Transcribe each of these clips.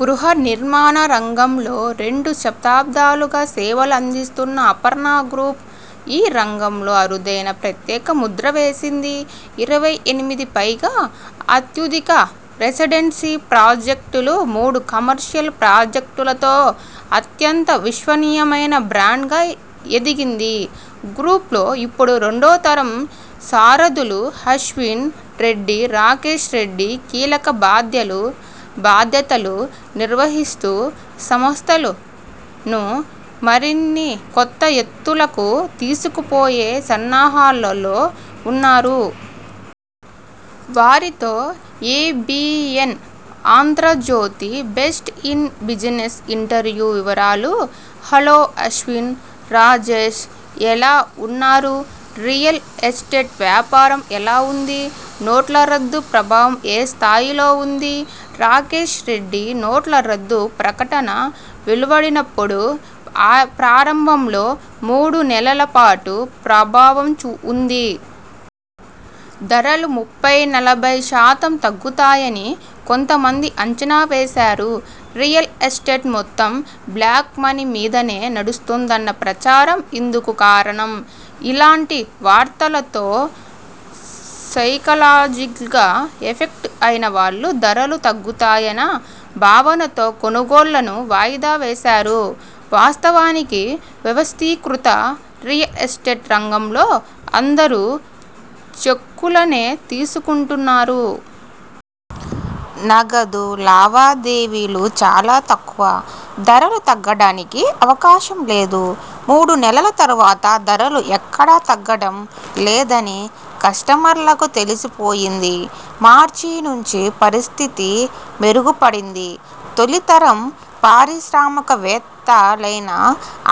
గృహ నిర్మాణ రంగంలో రెండు దశాబ్దాలుగా సేవలను అందిస్తున్న అపర్ణ గ్రూప్ ఈ రంగంలో తనదైన ప్రత్యేక ముద్ర వేసింది. ఇరవై ఎనిమిది పైగా అత్యాధునిక రెసిడెన్షియల్ప్రాజెక్టులు, మూడు కమర్షియల్ ప్రాజెక్టులతో అత్యంత విశ్వసనీయమైన బ్రాండ్గా ఎదిగింది. గ్రూప్లో ఇప్పుడు రెండో తరం సారథులు అశ్విన్ రెడ్డి, రాకేష్ రెడ్డి కీలక బాధ్యతలు నిర్వహిస్తూ, సంస్థను మరిన్ని కొత్త ఎత్తులకు తీసుకుపోయే సన్నాహాల్లో ఉన్నారు. వారితో ABN Andhrajyothy ''best in business '' interview వివరాలు హలో అశ్విన్, రాకేష్ ఎలా ఉన్నారు? రియల్ ఎస్టేట్ వ్యాపారం ఎలా ఉంది? నోట్ల రద్దు ప్రభావం ఏ స్థాయిలో ఉంది? రాకేష్ రెడ్డి నోట్ల రద్దు ప్రకటన వెలువడినప్పుడు ప్రారంభంలో మూడు నెలల పాటు ప్రభావం ఉంది. ధరలు ముప్పై, నలభై శాతం తగ్గుతాయని కొంత మంది అంచనావేశారు. రియల్ ఎస్టేట్ మొత్తం బ్లాక్ మనీ మీదనే నడుస్తోందన్న ప్రచారం ఇందుకు కారణం. ఇలాంటి వార్తలతో సైకలాజికల్గా ఎఫెక్ట్ అయిన వాళ్లు ధరలు తగ్గుతాయన భావనతో కొనుగోళ్లను వాయిదా వేశారు. వాస్తవానికి వ్యవస్థీకృత రియల్ ఎస్టేట్ రంగంలో అందరూ చెక్కులనే తీసుకుంటున్నారు. నగదు లావాదేవీలు చాలా తక్కువ. ధరలు తగ్గడానికి అవకాశం లేదు. మూడు నెలల తర్వాత ధరలు ఎక్కడా తగ్గడం లేదని కస్టమర్లకు తెలిసిపోయింది. మార్చి నుంచి పరిస్థితి మెరుగుపడింది. తొలితరం పారిశ్రామికవేత్తలైన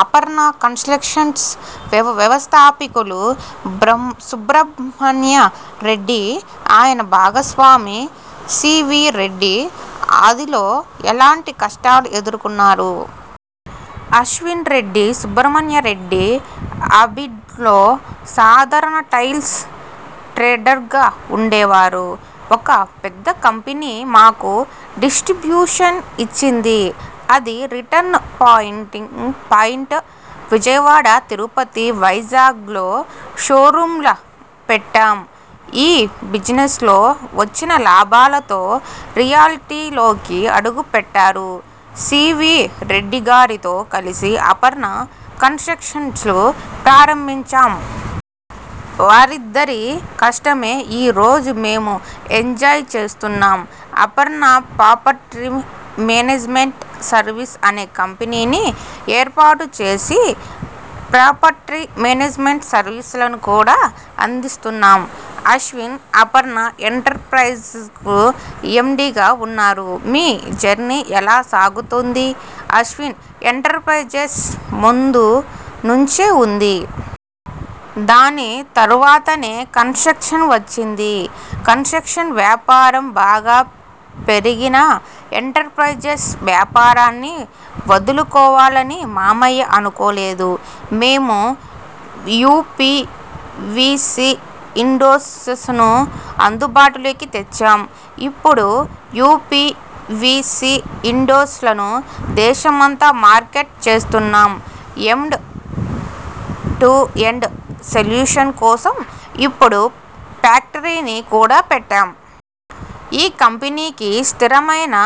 అపర్ణ కన్స్ట్రక్షన్ వ్యవస్థాపకులు సుబ్రహ్మణ్య రెడ్డి, ఆయన భాగస్వామి సివి రెడ్డి ఆదిలో ఎలాంటి కష్టాలు ఎదుర్కొన్నారు? అశ్విన్ రెడ్డి సుబ్రహ్మణ్యరెడ్డి అబిడ్స్లో సాధారణ టైల్స్ ట్రేడర్గా ఉండేవారు. ఒక పెద్ద కంపెనీ మాకు డిస్ర్టిబ్యూషన్ ఇచ్చింది. అది టర్నింగ్ పాయింట్. విజయవాడ, తిరుపతి, వైజాగ్లో షోరూమ్లు పెట్టాం. ఈ బిజినెస్లో వచ్చిన లాభాలతో రియల్టీలోకి అడుగుపెట్టారు. సివి రెడ్డిగారితో కలిసి అపర్ణ కన్స్ట్రక్షన్ను ప్రారంభించాం. వారిద్దరి కష్టమే ఈ రోజు మేము ఎంజాయ్ చేస్తున్నాం. అపర్ణ ప్రాపర్టీ మేనేజ్మెంట్ సర్వీస్ అనే కంపెనీని ఏర్పాటు చేసి ప్రాపర్టీ మేనేజ్మెంట్ సర్వీసులను కూడా అందిస్తున్నాం. అశ్విన్ అపర్ణ ఎంటర్ప్రైజె్సకు ఎండిగా ఉన్నారు. మీ జర్నీ ఎలా సాగుతోంది. అశ్విన్ ఎంటర్ప్రైజెస్ ముందు నుంచే ఉంది. దాని తర్వాతనే కన్స్ట్రక్షన్ వచ్చింది. కన్స్ట్రక్షన్ వ్యాపారం బాగా పెరిగినా ఎంటర్ప్రైజెస్ వ్యాపారాన్ని వదులుకోవాలని మామయ్య అనుకోలేదు. మేము యుపివిసి విండో్సను అందుబాటులోకి తెచ్చాం. ఇప్పుడు యుపివిసి విండో్సను దేశమంతా మార్కెట్ చేస్తున్నాం. ఎండ్ టు ఎండ్ సొల్యూషన్స్ కోసం ఇప్పుడు ఫ్యాక్టరీని కూడా పెట్టాం. ఈ కంపెనీకి స్థిరమైన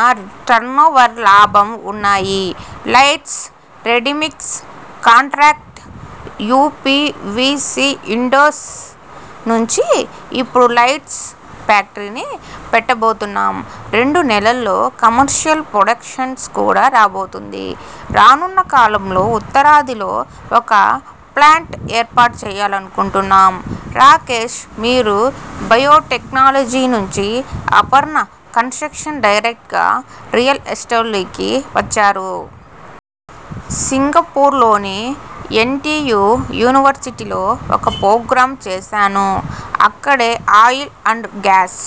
టర్నోవర్, లాభం ఉన్నాయి. Lights, ready mix concrete, UPVC windows నుంచి ఇప్పుడు లైట్స్ ఫ్యాక్టరీని పెట్టబోతున్నాం. రెండు నెలల్లో కమర్షియల్ ప్రొడక్షన్ కూడా రాబోతోంది. రానున్న కాలంలో ఉత్తరాదిలో ఒక ప్లాంట్ ఏర్పాటు చేయాలనుకుంటున్నాం. రాకేష్ మీరు బయోటెక్నాలజీ నుంచి అపర్ణ కన్స్ట్రక్షన్స్ డైరెక్టర్గా రియల్ ఎస్టేట్లోకి వచ్చారు. సింగపూర్లోని ఎన్టియు యూనివర్సిటీలో ఒక ప్రోగ్రామ్ చేశాను. అక్కడే ఆయిల్ అండ్ గ్యాస్